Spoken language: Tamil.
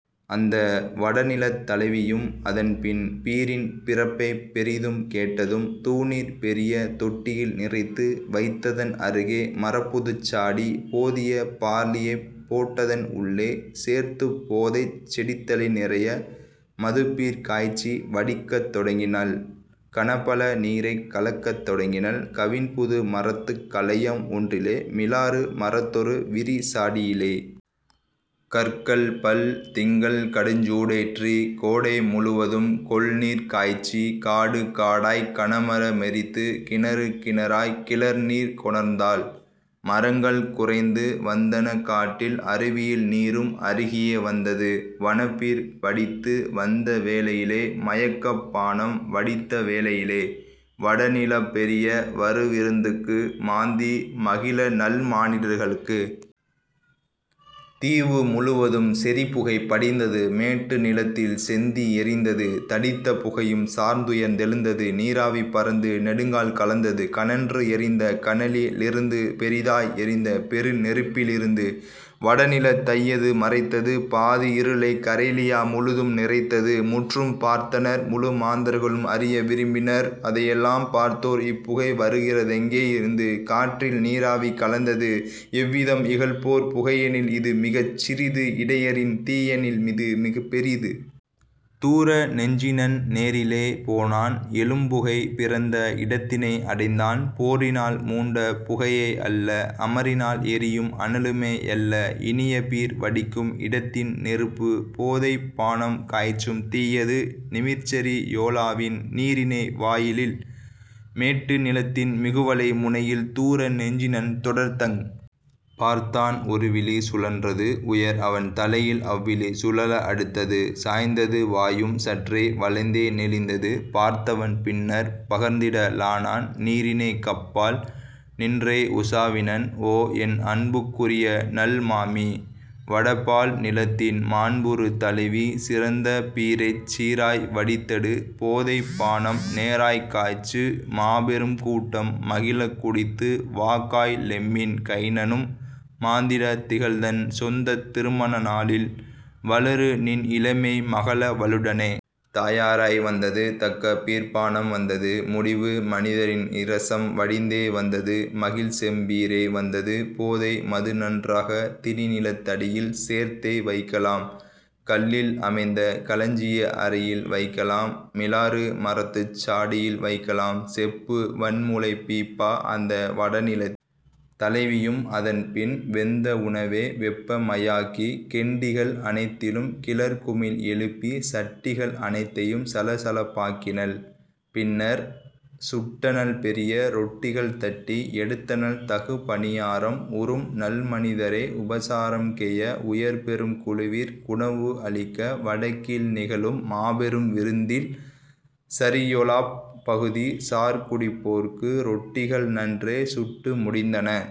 அந்த வடநிலத் தலைவியும் அதன்பின் பீரின் பிறப்பைப் பெரிதும் கேட்டதும் தூநீர் பெரிய தொட்டியில் நிறைத்து வைத்ததன் அருகே மரப்புதுச் சாடி போதிய பார்லியைப் போட்டதன் உள்ளே சேர்த்துப் போதைச் செடித்தழை நிறைய மதுப்பீர் காய்ச்சி வடிக்கத் தொடங்கினள் கனபல நீரைக் கலக்கத் தொடங்கினள் கவின்புது மரத்துக் கலயம் ஒன்றிலே மிலாறு மரத்தொரு விரிசாடியிலே. கற்கள்பல் திங்கள் கடுஞ்சூ டேற்றி கோடை முழுவதும் கொள்நீர் காய்ச்சி காடு காடாய்க் கனமர மெரித்து கிணறு கிணறாய் கிளர்நீர் கொணர்ந்தாள் மரங்கள் குறைந்து வந்தன காட்டில் அருவியில் நீரும் அருகியே வந்தது வனப்பீர் வடித்து வந்தவேளையிலே மயக்கப் பானம் வடித்தவேளையிலே வடநிலப் பெரிய வருவிருந்துக்கு மாந்தி மகிழநல் மானிடர்களுக்கு. தீவு முழுவதும் செறிபுகை படிந்தது மேட்டு நிலத்தில் செந்தீ எரிந்தது தடித்த புகையும் சார்ந்துயர்ந்தெழுந்தது நீராவி பரந்து நெடுங்கால் கலந்தது கனன்று எரிந்த கனலிலிருந்து பெரிதாய் எரிந்த பெருநெருப்பிலிருந்து வடநிலத் தையது மறைத்தது பாதி இருளைக் கரேலியா முழுதும் நிறைத்தது. முற்றும் பார்த்தனர் முழுமாந்தர்களும் அறிய விரும்பினர் அதையெலாம் பார்த்தோர் இப்புகை வருகிறதெங்கே யிருந்து காற்றில்நீராவி கலந்தது எவ்விதம் இகல்போர்ப் புகையெனில் இதுமிகச் சிறிது இடையரின் தீயெனில் இதுமிகப் பெரிது. தூர நெஞ்சினன் நேரிலே போனான் எழும்புகை பிறந்த இடத்தினை அடைந்தான் போரினால் மூண்ட புகையே யல்ல அமரினால் எரியும் அனலுமே யல்ல இனியபீர் வடிக்கும் இடத்தின் நெருப்பு போதைப்பானம் காய்ச்சும் தீயது நிமிர்சரியொலாவின் நீரிணை வாயிலில் மேட்டு நிலத்தின் மிகுவளை முனையில். தூர நெஞ்சினன் தொடர்தங் பார்த்தான் ஒருவிழி சுழன்றது உயர்அவன் தலையில் அவ்விழி சுழல அடுத்தது சாய்ந்தது வாயும் சற்றே வளைந்தே நெளிந்தது பார்த்தவன் பின்னர் பகர்ந்திட லானான் நீரிணைக் கப்பால் நின்றே உசாவினன் ஓ என் அன்புக்குரியநல் மாமி வடபால் நிலத்தின் மாண்புறு தலைவி சிறந்த பீரைச் சீராய் வடித்தெடு போதைப்பானம் நேராய்க் காய்ச்சு மாபெரும் கூட்டம் மகிழக் குடித்து வாகாய் லெம்மின் கைனனும் மாந்திட திகழ்தன் சொந்தத் திருமண நாளில் வளருநின் இளமை மகளவளுடனே. தயாராய் வந்தது தக்கபீர்ப் பானம் வந்தது முடிவு மனிதரின் இரசம் வடிந்தே வந்தது மகிழ்செம் பீரே வந்தது போதை மதுநன்றாக திணிநிலத் தடியில் சேர்த்தே வைக்கலாம் கல்லில் அமைந்த களஞ்சிய அறையில் வைக்கலாம் மிலாறு மரத்துச் சாடியில் வைக்கலாம் செப்பு வன்முளைப் பீப்பா. அந்த வடநிலத் தலைவியும் அதன்பின் வெந்த உணவை வெப்பமயாக்கி கெண்டிகள் அனைத்திலும் கிளர் குமிழ் எழுப்பி சட்டிகள் அனைத்தையும் சலசலப்பாக்கினள் பின்னர் சுட்டனள் பெரிய ரொட்டிகள் தட்டி எடுத்தனள் தகுபணியாரம் உறும்நல் மனிதரை உபசாரம்கெய உயர்பெரும் குழுவிற் குணவு அளிக்க வடக்கில் நிகழும் மாபெரும் விருந்தில் சரியொலாப் பகுதி சார்குடிப்போர்க்கு ரொட்டிகள் நன்றே சுட்டு முடிந்தன